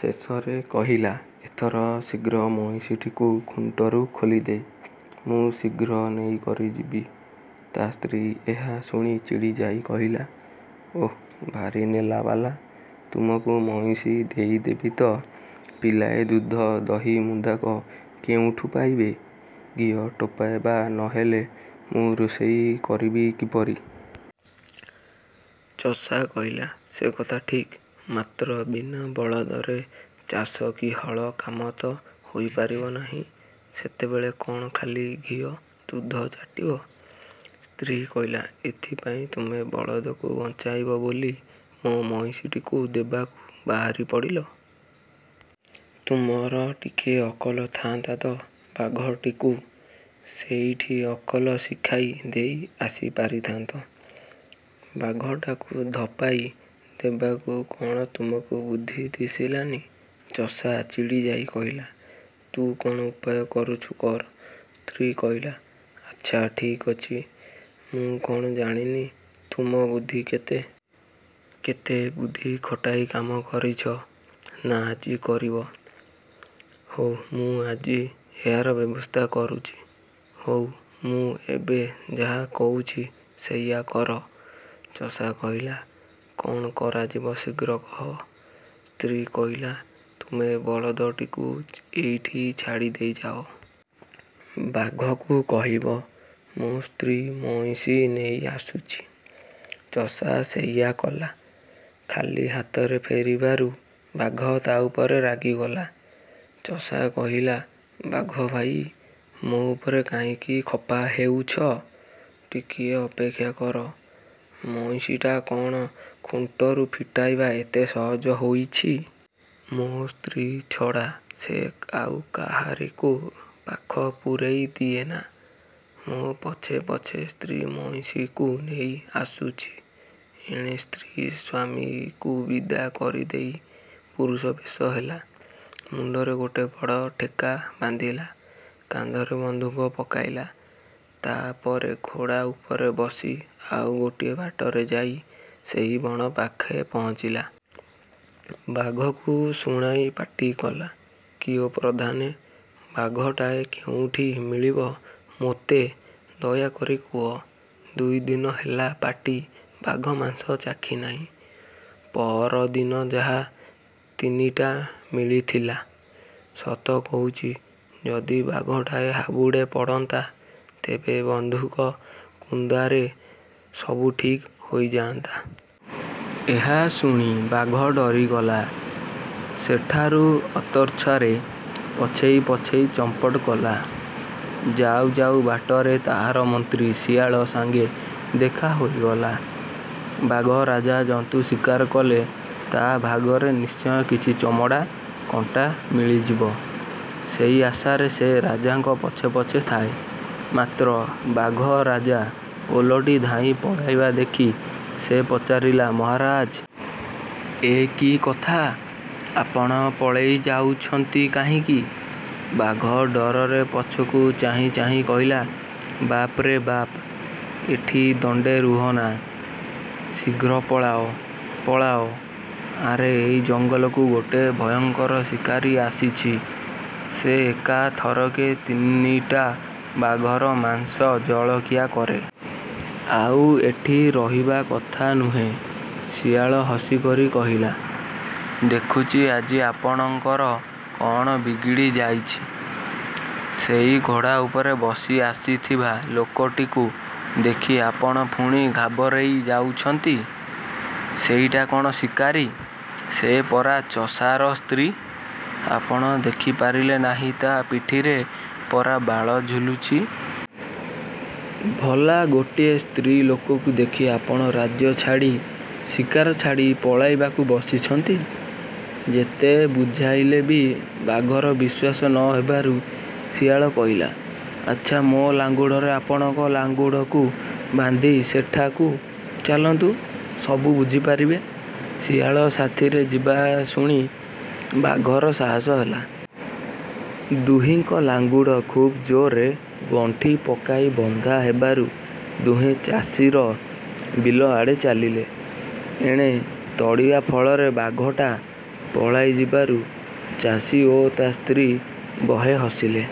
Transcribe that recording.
ଶେଷରେ କହିଲା, ଏଥର ଶୀଘ୍ର ମଇଁଷିଟିକୁ ଖୁଣ୍ଟରୁ ଖୋଲିଦେ! ମୁଁ ଶୀଘ୍ର ନେଇକରି ଯିବି। ତା ସ୍ତ୍ରୀ ଏହା ଶୁଣି ଚିଡ଼ିଯାଇ କହିଲା, ଓଃ, ଭାରି ନେଲାବାଲା, ତୁମକୁ ମଇଁଷି ଦେଇଦେବି ତ ପିଲାଏ ଦୁଧ ଦହି ମୁନ୍ଦାକ କେଉଁଠୁ ପାଇବେ? ଘିଅ ଟୋପାଏ ବା ନ ହେଲେ ମୁଁ ରୋଷେଇ କରିବି କିପରି? ଚଷା କହିଲା, ସେ କଥା ଠିକ୍, ମାତ୍ର ବିନା ବଳଦରେ ଚାଷ କି ହଳ କାମ ତ ହୋଇପାରିବ ନାହିଁ। ସେତେବେଳେ କ'ଣ ଖାଲି ଘିଅ, ଦୁଧ ଚାଟିବ? ସ୍ତ୍ରୀ କହିଲା, ଏଥିପାଇଁ ତୁମେ ବଳଦକୁ ବଞ୍ଚାଇବ ବୋଲି ମୋ ମଇଁଷିଟିକୁ ଦେବାକୁ ବାହାରି ପଡ଼ିଲ। ତୁମର ଟିକିଏ ଅକଲ ଥାଆନ୍ତା ତ ବାଘଟିକୁ ସେଇଠି ଅକଲ ଶିଖାଇ ଦେଇ ଆସି ପାରିଥାନ୍ତ। ବାଘଟାକୁ ଧପାଇ ଦେବାକୁ କ'ଣ ତୁମକୁ ବୁଦ୍ଧି ଦିଶିଲାନି। ଚଷା ଚିଡ଼ିଯାଇ କହିଲା, ତୁ କ'ଣ ଉପାୟ କରୁଛୁ କର! ସ୍ତ୍ରୀ କହିଲା, ଆଚ୍ଛା ଠିକ୍ ଅଛି। ମୁଁ କ'ଣ ଜାଣିନି, ତୁମ ବୁଦ୍ଧି କେତେ? କେତେ ବୁଦ୍ଧି ଖଟାଇ କାମ କରିଛ, ନା ଆଜି କରିବ? ହଉ ମୁଁ ଆଜି ଏହାର ବ୍ୟବସ୍ଥା କରୁଛି। ହଉ ମୁଁ ଏବେ ଯାହା କହୁଛି ସେଇଆ କର। ଚଷା କହିଲା, କ'ଣ କରାଯିବ ଶୀଘ୍ର କହ। ସ୍ତ୍ରୀ କହିଲା, ତୁମେ ବଳଦକୁ ଏଇଠି ଛାଡ଼ିଦେଇ ଯାଅ। ବାଘକୁ କହିବ, ମୋ ସ୍ତ୍ରୀ ମଇଁଷି ନେଇ ଆସୁଛି। ଚଷା ସେଇଆ କଲା। ଖାଲି ହାତରେ ଫେରିବାରୁ ବାଘ ତା ଉପରେ ରାଗିଗଲା। ଚଷା କହିଲା, ବାଘ ଭାଇ! ମୋ ଉପରେ କାହିଁକି ଖପା ହେଉଛ? ଟିକିଏ ଅପେକ୍ଷା କର। ମଇଁଷିଟା କ'ଣ ଖୁଣ୍ଟରୁ ଫିଟାଇବା ଏତେ ସହଜ ହୋଇଛି? ମୋ ସ୍ତ୍ରୀ ଛଡ଼ା ସେ ଆଉ କାହାରିକୁ ପାଖ ପୂରାଇ ଦିଏନା। ମୋ ପଛେ ପଛେ ସ୍ତ୍ରୀ ମଇଁଷିକୁ ନେଇ ଆସୁଛି। ଏଣେ ସ୍ତ୍ରୀ ସ୍ୱାମୀକୁ ବିଦା କରିଦେଇ ପୁରୁଷ ବେଶ ହେଲା। ମୁଣ୍ଡରେ ଗୋଟାଏ ବଡ଼ ଠେକା ବାନ୍ଧିଲା। କାନ୍ଧରେ ବନ୍ଧୁକ ପକାଇଲା। ତା ପରେ ଘୋଡ଼ା ଉପରେ ବସି ଆଉ ଗୋଟିଏ ବାଟରେ ଯାଇ ସେହି ବଣ ପାଖେ ପହଞ୍ଚିଲା। ବାଘକୁ ଶୁଣାଇ ପାଟି କଲା, କିଓ ପ୍ରଧାନେ! ବାଘଟାଏ କେଉଁଠି ମିଳିବ ମୋତେ ଦୟାକରି କୁହ। ଦୁଇ ଦିନ ହେଲା ପାଟି ବାଘ ମାଂସ ଚାଖିନାହିଁ। ପଅରଦିନ ଯାହା ତିନିଟା ମିଳିଥିଲା। ସତ କହୁଛି ଯଦି ବାଘଟାଏ ହାବୁଡ଼େ ପଡ଼ନ୍ତା, ତେବେ ବନ୍ଧୁକ କୁନ୍ଦାରେ ସବୁ ଠିକ୍ ହୋଇଯାଆନ୍ତା। ଏହା ଶୁଣି ବାଘ ଡରିଗଲା। ସେଠାରୁ ଅତର୍ଚ୍ଛାରେ ପଛେଇ ପଛେଇ ଚମ୍ପଟ କଲା। ଯାଉ ଯାଉ ବାଟରେ ତାହାର ମନ୍ତ୍ରୀ ଶିଆଳ ସଙ୍ଗେ ଦେଖା ହୋଇଗଲା। ବାଘ ରାଜା ଜନ୍ତୁ ଶିକାର କଲେ ତା ଭାଗରେ ନିଶ୍ଚୟ କିଛି ଚମଡ଼ା, କଣ୍ଟା ମିଳିଯିବ। ସେଇ ଆଶାରେ ସେ ରାଜାଙ୍କ ପଛେ ପଛେ ଥାଏ, ମାତ୍ର ବାଘ ରାଜା ଓଲଟି ଧାଇଁ ପଳାଇବା ଦେଖି ସେ ପଚାରିଲା, ମହାରାଜ! ଏ କି କଥା? ଆପଣ ପଳାଇ ଯାଉଛନ୍ତି କାହିଁକି? ବାଘ ଡରରେ ପଛକୁ ଚାହିଁ ଚାହିଁ କହିଲା, ବାପ୍ରେ ବାପ! ଏଠି ଦଣ୍ଡେ ରୁହନା! ଶୀଘ୍ର ପଳାଅ! ପଳାଅ! ଆରେ ଏଇ ଜଙ୍ଗଲକୁ ଗୋଟିଏ ଭୟଙ୍କର ଶିକାରୀ ଆସିଛି। ସେ ଏକା ଥରକେ ତିନିଟା ବାଘର ମାଂସ ଜଳଖିଆ କରେ। ଆଉ ଏଠି ରହିବା କଥା ନୁହେଁ। ଶିଆଳ ହସିକରି କହିଲା, ଦେଖୁଛି ଆଜି ଆପଣଙ୍କର କ'ଣ ବିଗିଡ଼ି ଯାଇଛି। ସେଇ ଘୋଡ଼ା ଉପରେ ବସି ଆସିଥିବା ଲୋକଟିକୁ ଦେଖି ଆପଣ ପୁଣି ଘାବରେଇ ଯାଉଛନ୍ତି। ସେଇଟା କ'ଣ ଶିକାରୀ? ସେ ପରା ଚଷାର ସ୍ତ୍ରୀ। ଆପଣ ଦେଖିପାରିଲେ ନାହିଁ ତା ପିଠିରେ ପରା ବାଳ ଝୁଲୁଛି? ଭଲା ଗୋଟିଏ ସ୍ତ୍ରୀ ଲୋକକୁ ଦେଖି ଆପଣ ରାଜ୍ୟ ଛାଡ଼ି, ଶିକାର ଛାଡ଼ି ପଳାଇବାକୁ ବସିଛନ୍ତି! ଯେତେ ବୁଝାଇଲେ ବି ବାଘର ବିଶ୍ୱାସ ନ ହେବାରୁ ଶିଆଳ କହିଲା, ଆଚ୍ଛା ମୋ ଲାଙ୍ଗୁଡ଼ରେ ଆପଣଙ୍କ ଲାଙ୍ଗୁଡ଼କୁ ବାନ୍ଧି ସେଠାକୁ ଚାଲନ୍ତୁ। ସବୁ ବୁଝିପାରିବେ। ଶିଆଳ ସାଥିରେ ଯିବା ଶୁଣି ବାଘର ସାହସ ହେଲା। ଦୁହିଁଙ୍କ ଲାଙ୍ଗୁଡ଼ ଖୁବ୍ ଜୋରରେ ଗଣ୍ଠି ପକାଇ ବନ୍ଧା ହେବାରୁ ଦୁହେଁ ଚାଷୀର ବିଲ ଆଡ଼େ ଚାଲିଲେ। ଏଣେ ତଡ଼ିବା ଫଳରେ ବାଘଟା ପଳାଇ ଯିବାରୁ ଚାଷୀ ଓ ତା ସ୍ତ୍ରୀ ବହେ ହସିଲେ।